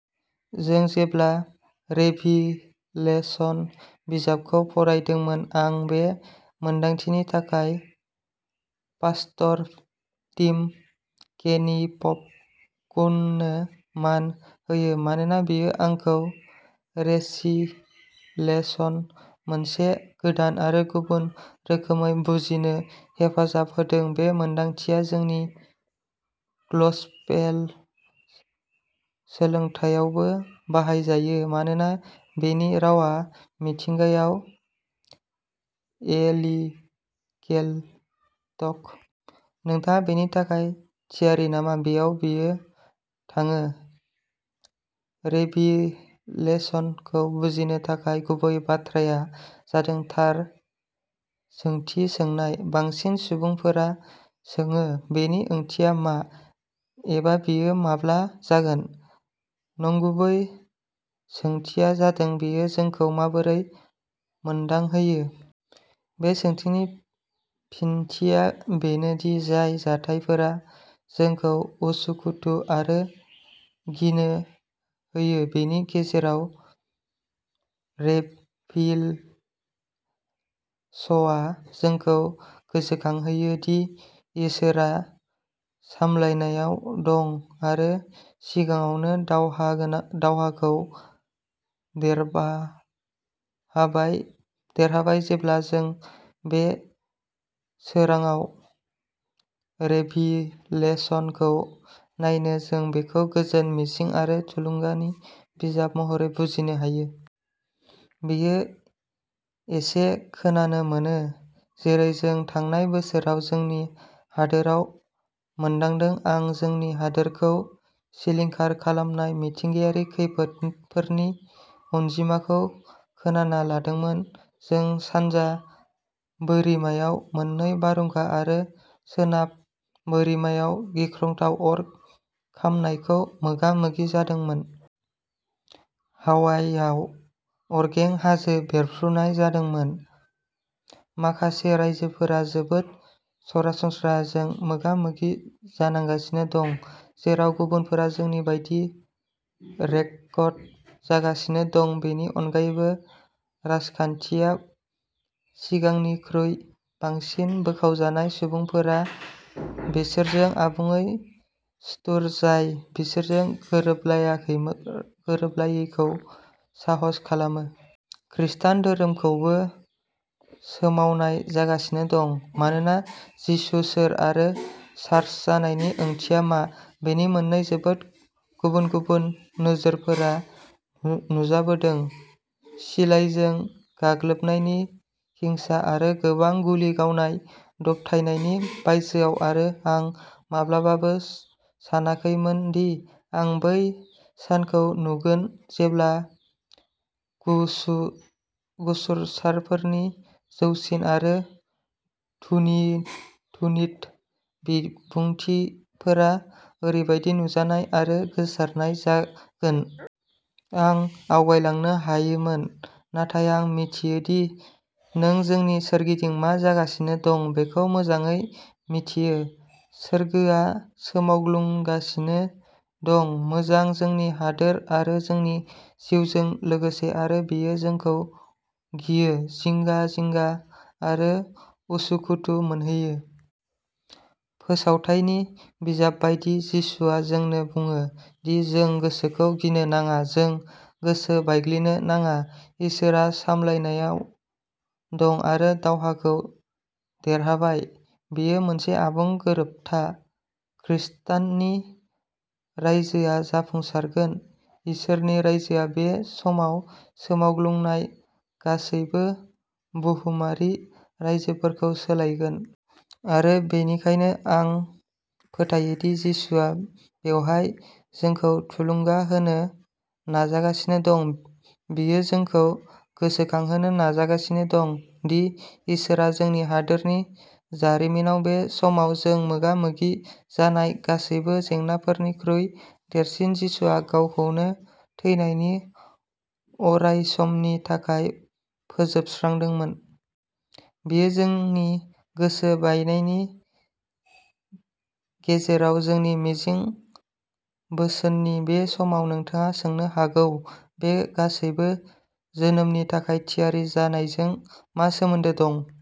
जों जेब्ला रेभिलेशन बिजाबखौ फरायदोंमोन। आं बे मोनदांथिनि थाखाय पास्टर टिम केनिफ-कुननो मान होयो मानोना बेयो आंखौ रेसिलेशनखौ मोनसे गोदान आरो गुबुन रोखोमै बुजिनो हेफाजाब होदोंमोन। बे मोनदांथिया जोंनि गसपेल सोलोंथायावबो बाहायजायो, मानोना बेनि रावा मिथिंगायाव एलिप्टिक। नोंथाङा बेनि थाखाय थियारि नामा? बेयाव बेयो थाङोः रेभिलेशनखौ बुजिनो थाखाय गुबै बाथ्राया जादों थार सोंथि सोंनाय। बांसिन सुबुंफोरा सोङो "बेनि ओंथिया मा?" एबा "बेयो माब्ला जागोन?" नंगुबै सोंथिया जादों "बेयो जोंखौ माबोरै मोनदांहोयो?" बे सोंथिनि फिनथिया बेनो दि जाय जाथायफोरा जोंखौ उसुखुथु आरो गिनो होयो, बेनि गेजेराव रेभिशनआ जोंखौ गोसोखांहोयो दि इसोरआ सामलायनायाव दं आरो सिगाङावनो दावहा गोनां दावहाखौ देरबा देरहाबाय। जेब्ला जों बे सोरांआव रेभिलेशनखौ नायो, जों बेखौ गोजोन, मिजिं आरो थुलुंगानि बिजाब महरै बुजिनो हायो। बेयो एसे खोनानो मोनो। जेरै जों थांनाय बोसोराव जोंनि हादोराव मोन्दांदों। आं जोंनि हादोरखौ सिलिंखार खालामनाय मिथिंगायारि खैफोदफोरनि अनजिमाखौ खोमाना लादोंमोन। जों सानजा बोरिमायाव मोननै बारहुंखा आरो सोनाब बोरिमायाव गिख्रंथाव अर खामनायखौ मोगा-मोगि जानांदोंमोन। हावाइआव अरगें हाजो बेरफ्रुनाय जादोंमोन। माखासे रायजोफोरा जोबोद रानस्रावजों मोगा-मोगि जागासिनो दं, जेराव गुबुनफोरा, जोंनि बायदि, रेकर्ड अखा आरो गिख्रंथाव दैबानाफोरजों मोगा-मोगि जागासिनो दं। बेनि अनगायैबो, राजखान्थिया सिगांनिख्रुइ बांसिन बोखावजानाय। सुबुंफोरा बैसोरजों आबुङै सुथुर जाय बिसोरजों गोरोबलायाखै गोरोबलायैखौ साहस खालामो। खृष्टान धोरोमखौबो सोमावनाय जागासिनो दं मानोना जिसु सोर आरो चार्च जानायनि ओंथिया मा बेनि मोननै जोबोद गुबुन-गुबुन नोजोरफोरा नुजाबोदों। सिलाइजों गाग्लोबनाय हिंसा आरो गोबां गुलि गावनाय दबथायनायनि बायजोआव। आरो आं माब्लाबाबो सानाखैमोनदि आं बै सानखौ नुगोन जेब्ला गुसु गुसुसारफोरनि जौसिन आरो धुनि धुणित बिबुंथिफोरा ओरैबादि नुजानाय आरो गोसारनाय जागोन। आं आवगायलांनो हायोमोन, नाथाय आं मिथियो दि नों जोंनि सोरगिदिं मा जागासिनो दं बेखौ मोजाङै मिथियो। सोरगोआ सोमावग्लुंगासिनो दं, मोजां, जोंनि हादोर आरो जोंनि जिउजों लोगोसे। आरो बेयो जोंखौ गियो, जिंगा-जिंगा आरो उसुखुथु मोनहोयो। फोसावथायनि बिजाब बायदि, जिसुआ जोंनो बुङो दि जों गोसोखौ गिनो नाङा। जों गोसो बायग्लिनो नाङा। इसोरआ सामलायनायाव दं आरो दावहाखौ देरहाबाय। बेयो मोनसे आबुं गोरोबथा। खृष्टनि रायजोआ जाफुंसारगोन। इसोरनि रायजोआ बे समाव सोमावग्लुंजानाय गासैबो बुहुमारि रायजोफोरखौ सोलायगोन। आरो बेनिखायनो आं फोथायो दि जिसुआ बेवहाय जोंखौ थुलुंगा होनो नाजागासिनो दं। बियो जोंखौ गोसोखांहोनो नाजागासिनो दं दि इसोरआ जोंनि हादोरनि जारिमिनाव बे समाव जों मोगा-मोगि जानाय गासैबो जेंनाफोरनिख्रुइ देरसिन। जिसुआ, गावनो थैनायखौ अरायसमनि थाखाय फोजोबस्रांदोंमोन। बेयो जोंनि गोसो बायनायनि गेजेराव जोंनि मिजिं। बोसोननि बे समाव, नोंथाङा सोंनो हागौ "बे गासैबो जोनोमनि थाखाय थियारि जानायजों मा सोमोन्दो दं?